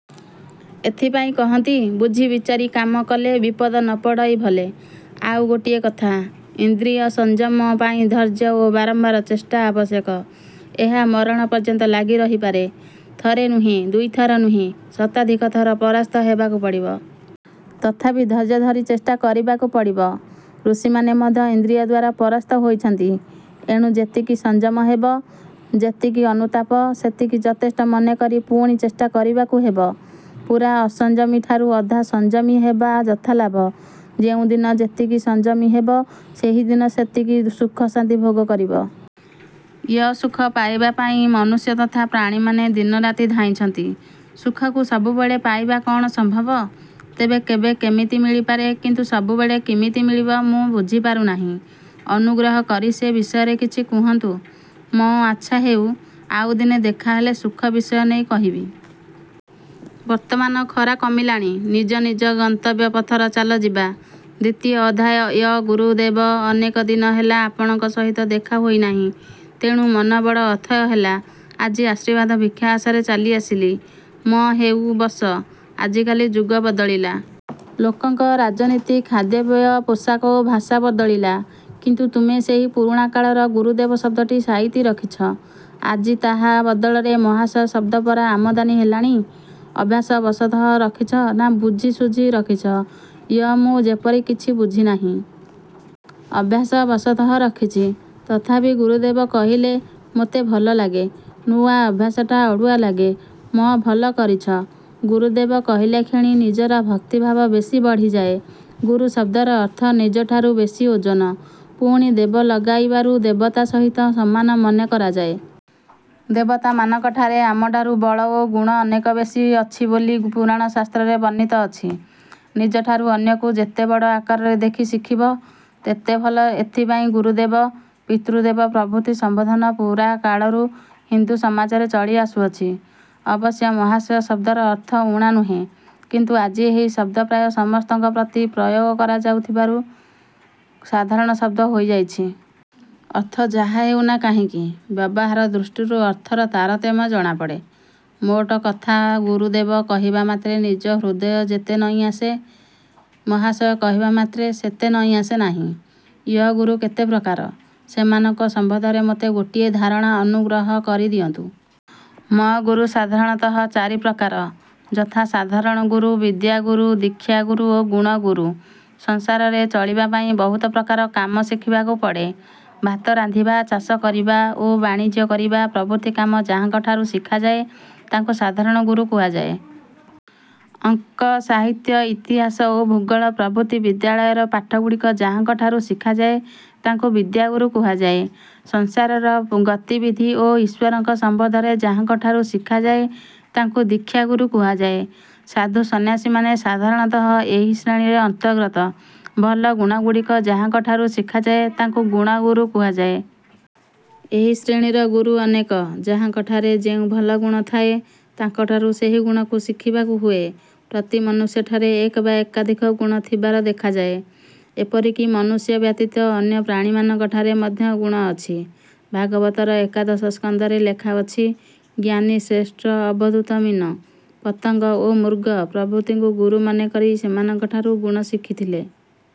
ଏଥିପାଇଁ କହନ୍ତି– ବୁଝି ବିଚାରି କାମ କଲେ ବିପଦ ନ ପଡ଼ଇ ଭଲେ। ଆଉ ଗୋଟିଏ କଥା, ଇନ୍ଦ୍ରିୟ-ସଂଯମ ପାଇଁ ଧୈର୍ଯ୍ୟ ଓ ବାରମ୍ବାର ଚେଷ୍ଟା ଆବଶ୍ୟକ। ଏହା ମରଣ ପର୍ଯ୍ୟନ୍ତ ଲାଗି ରହିପାରେ। ଥରେ ନୁହେଁ, ଦୁଇ ଥର ନୁହେଁ; ଶତାଧିକ ଥର ପରାସ୍ତ ହେବାକୁ ପଡ଼ିବ। ତଥାପି ଧୈର୍ଯ୍ୟ ଧରି ଚେଷ୍ଟା କରିବାକୁ ପଡ଼ିବ। ଋଷିମାନେ ମଧ୍ୟ ଇନ୍ଦ୍ରିୟଦ୍ଵାରା ପରାସ୍ତ ହୋଇଛନ୍ତି। ଏଣୁ ଯେତିକି ସଂଯମ ହେବ, ଯେତିକି ଅନୁତାପ; ସେତିକି ଯଥେଷ୍ଟ ମନେ କରି ପୁଣି ଚେଷ୍ଟା କରିବାକୁ ହେବ। ପୂରା ଅସଂଯମୀଠାରୁ ଅଧା ସଂଯମୀ ହେବା ଯଥାଲାଭ। ଯେଉଁ ଦିନ ଯେତିକି ସଂଯମୀ ହେବ ସେହି ଦିନ ସେତିକି ସୁଖଶାନ୍ତି ଭୋଗ କରିବ। ୟ–ସୁଖ ପାଇବା ପାଇଁ ମନୁଷ୍ୟ ତଥା ପ୍ରାଣୀମାନେ ଦିନରାତି ଧାଇଁଛନ୍ତି। ସୁଖକୁ ସବୁବେଳେ ପାଇବା କଅଣ ସମ୍ଭବ? ତେବେ କେବେ କେମିତି ମିଳିପାରେ, କିନ୍ତୁ ସବୁବେଳେ କିମିତି ମିଳିବ ମୁଁ ବୁଝିପାରୁନାହିଁ। ଅନୁଗ୍ରହ କରି ସେ ବିଷୟରେ କିଛି କହନ୍ତୁ। ମ–ଆଚ୍ଛା ହେଉ, ଆଉ ଦିନେ ଦେଖା ହେଲେ ସୁଖ ବିଷୟ ନେଇ କହିବି। ବର୍ତ୍ତମାନ ଖରା କମିଲାଣି, ନିଜ ନିଜ ଗନ୍ତବ୍ୟ ପଥର ଚାଲ ଯିବା। ଦ୍ଵିତୀୟ ଅଧ୍ୟାୟ ୟ–ଗୁରୁଦେବ, ଅନେକ ଦିନ ହେଲା ଆପଣଙ୍କ ସହିତ ଦେଖା ହୋଇନାହିଁ। ତେଣୁ ମନ ବଡ଼ ଅଥୟ ହେଲା। ଆଜି ଆଶୀର୍ବାଦ ଭିକ୍ଷା ଆଶାରେ ଚାଲି ଆସିଲି। ମ–ହେଉ, ବସ। ଆଜିକାଲି ଯୁଗ ବଦଳିଲା। ଲୋକଙ୍କ ରୀତିନୀତି, ଖାଦ୍ୟପେୟ, ପୋଷାକ ଓ ଭାଷା ବଦଳିଲା କିନ୍ତୁ ତୁମ୍ଭେ ସେହି ପୁରୁଣା କାଳର 'ଗୁରୁଦେବ' ଶବ୍ଦଟି ସାଇତି ରଖିଛ-। ଆଜି ତାହା ବଦଳରେ 'ମହାଶୟ' ଶବ୍ଦ ପରା ଆମଦାନୀ ହେଲାଣି। ଅଭ୍ୟାସ ବଶତଃ ରଖିଛ, ନାଁ ବୁଝି ଶୁଝି ରଖିଛ? ୟ–ମୁଁ ସେପରି କିଛି ବୁଝିନାହିଁ। ଅଭ୍ୟାସ ବଶତଃ ରଖିଛି। ତଥାପି ଗୁରୁଦେବ କହିଲେ ମୋତେ ଭଲ ଲାଗେ। ନୂଆ ଅଭ୍ୟାସଟା ଅଡ଼ୁଆ ଲାଗେ। ମ–ଭଲ କରିଛ। ଗୁରୁଦେବ କହିଲାକ୍ଷଣି ନିଜର ଭକ୍ତିଭାବ ବେଶୀ ବଢ଼ିଯାଏ। ଗୁରୁ ଶବ୍ଦର ଅର୍ଥ ନିଜଠାରୁ ବେଶୀ ଓଜନ। ପୁଣି ଦେବ ଲଗାଇବାରୁ ଦେବତା ସହିତ ସମାନ ମନେ କରାଯାଏ। ଦେବତା-ମାନଙ୍କଠାରେ ଆମଠାରୁ ବଳ ଓ ଗୁଣ ଅନେକ ବେଶୀ ଅଛି ବୋଲି ପୁରାଣ ଶାସ୍ତ୍ରରେ ବର୍ଣ୍ଣିତ ଅଛି। ନିଜଠାରୁ ଅନ୍ୟକୁ ଯେତେ ବଡ଼ ଆକାରରେ ଦେଖି ଶିଖିବ ତେତେ ଭଲ ଏଥିପାଇଁ ଗୁରୁଦେବ, ପିତୃଦେବ ପ୍ରଭୃତି ସମ୍ବୋଧନ ପୁରାକାଳରୁ ହିନ୍ଦୁ ସମାଜରେ ଚଳି ଆସୁଅଛି। ଅବଶ୍ୟ ମହାଶୟ ଶବ୍ଦର ଅର୍ଥ ଊଣା ନୁହେଁ କିନ୍ତୁ ଆଜି ଏହି ଶବ୍ଦ ପ୍ରାୟ ସମସ୍ତଙ୍କ ପ୍ରତି ପ୍ରୟୋଗ କରାଯାଉ ଥିବାରୁ ସାଧାରଣ ଶବ୍ଦ ହୋଇଯାଇଛି। ଅର୍ଥ ଯାହା ହେଉନା କାହିଁକି, ବ୍ୟବହାର ଦୃଷ୍ଟିରୁ ଅର୍ଥର ତାରତମ୍ୟ ଜଣାପଡ଼େ। ମୋଟ କଥା ଗୁରୁଦେବ କହିବା ମାତ୍ରେ ନିଜ ହୃଦୟ ଯେତେ ନଇଁଆସେ; ମହାଶୟ କହିବାମାତ୍ରେ। ସେତେ ନଇଁଆସେ ନାହିଁ। ୟ–ଗୁରୁ କେତେ ପ୍ରକାର? ସେମାନଙ୍କ ସମ୍ବନ୍ଧରେ ମୋତେ ଗୋଟିଏ ଧାରଣା ଅନୁଗ୍ରହ କରି ଦିଅନ୍ତୁ। ମ–ଗୁରୁ ସାଧାରଣତଃ ଚାରି ପ୍ରକାର ଯଥା–ସାଧାରଣ ଗୁରୁ, ବିଦ୍ୟାଗୁରୁ, ଦୀକ୍ଷାଗୁରୁ ଓ ଗୁଣ ଗୁରୁ। ସଂସାରରେ ଚଳିବା ପାଇଁ ବହୁତ ପ୍ରକାର କାମ ଶିଖିବାକୁ ପଡ଼େ। ଭାତ ରାନ୍ଧିବା, ଚାଷ କରିବା ଓ ବାଣିଜ୍ୟ କରିବା ପ୍ରଭୃତି କାମ ଯାହାଙ୍କ ଠାରୁ ଶିଖାଯାଏ ତାଙ୍କୁ ସାଧାରଣ ଗୁରୁ କୁହାଯାଏ। ଅଙ୍କ, ସାହିତ୍ୟ, ଇତିହାସ ଓ ଭୂଗୋଳ ପ୍ରଭୃତି ବିଦ୍ୟାଳୟର ପାଠଗୁଡ଼ିକ ଯାହାଙ୍କ ଠାରୁ ଶିଖାଯାଏ ତାଙ୍କୁ ବିଦ୍ୟାଗୁରୁ କୁହାଯାଏ। ସଂସାରର ଗତିବିଧି ଓ ଈଶ୍ଵରଙ୍କ ସମ୍ବନ୍ଧରେ ଯାହାଙ୍କ ଠାରୁ ଶିଖାଯାଏ ତାଙ୍କୁ ଦୀକ୍ଷାଗୁରୁ କୁହାଯାଏ। ସାଧୁ ସନ୍ନ୍ୟାସୀମାନେ ସାଧାରଣତଃ ଏହି ଶ୍ରେଣୀର ଅନ୍ତର୍ଗତ। ଭଲ ଗୁଣଗୁଡ଼ିକ ଯାହାଙ୍କଠାରୁ ଶିଖାଯାଏ ତାଙ୍କୁ ଗୁଣଗୁରୁ କୁହାଯାଏ। ଏହି ଶ୍ରେଣୀର ଗୁରୁ ଅନେକ। ଯାହାଙ୍କଠାରେ ଯେଉଁ ଭଲ ଗୁଣ ଥାଏ ତାଙ୍କଠାରୁ ସେହି ଗୁଣକୁ ଶିଖିବାକୁ ହୁଏ। ପ୍ରତି ମନୁଷ୍ୟ ଠାରେ ଏକ ବା ଏକାଧିକ ଗୁଣ ଥିବାର ଦେଖାଯାଏ। ଏପରିକି ମନୁଷ୍ୟ ବ୍ୟତୀତ ଅନ୍ୟ ପ୍ରାଣୀମାନଙ୍କ ଠାରେ ମଧ୍ୟ ଗୁଣ ଅଛି। ଭାଗବତର ଏକାଦଶସ୍କନ୍ଧରେ ଲେଖାଅଛି, ଜ୍ଞାନୀ ଶ୍ରେଷ୍ଠ ଅବଧୂତ ମୀନ, ପତଙ୍ଗ ଓ ମୃଗ ପ୍ରଭୃତିଙ୍କୁ ଗୁରୁ ମନେକରି ସେମାନଙ୍କଠାରୁ ଗୁଣ ଶିଖିଥିଲେ-।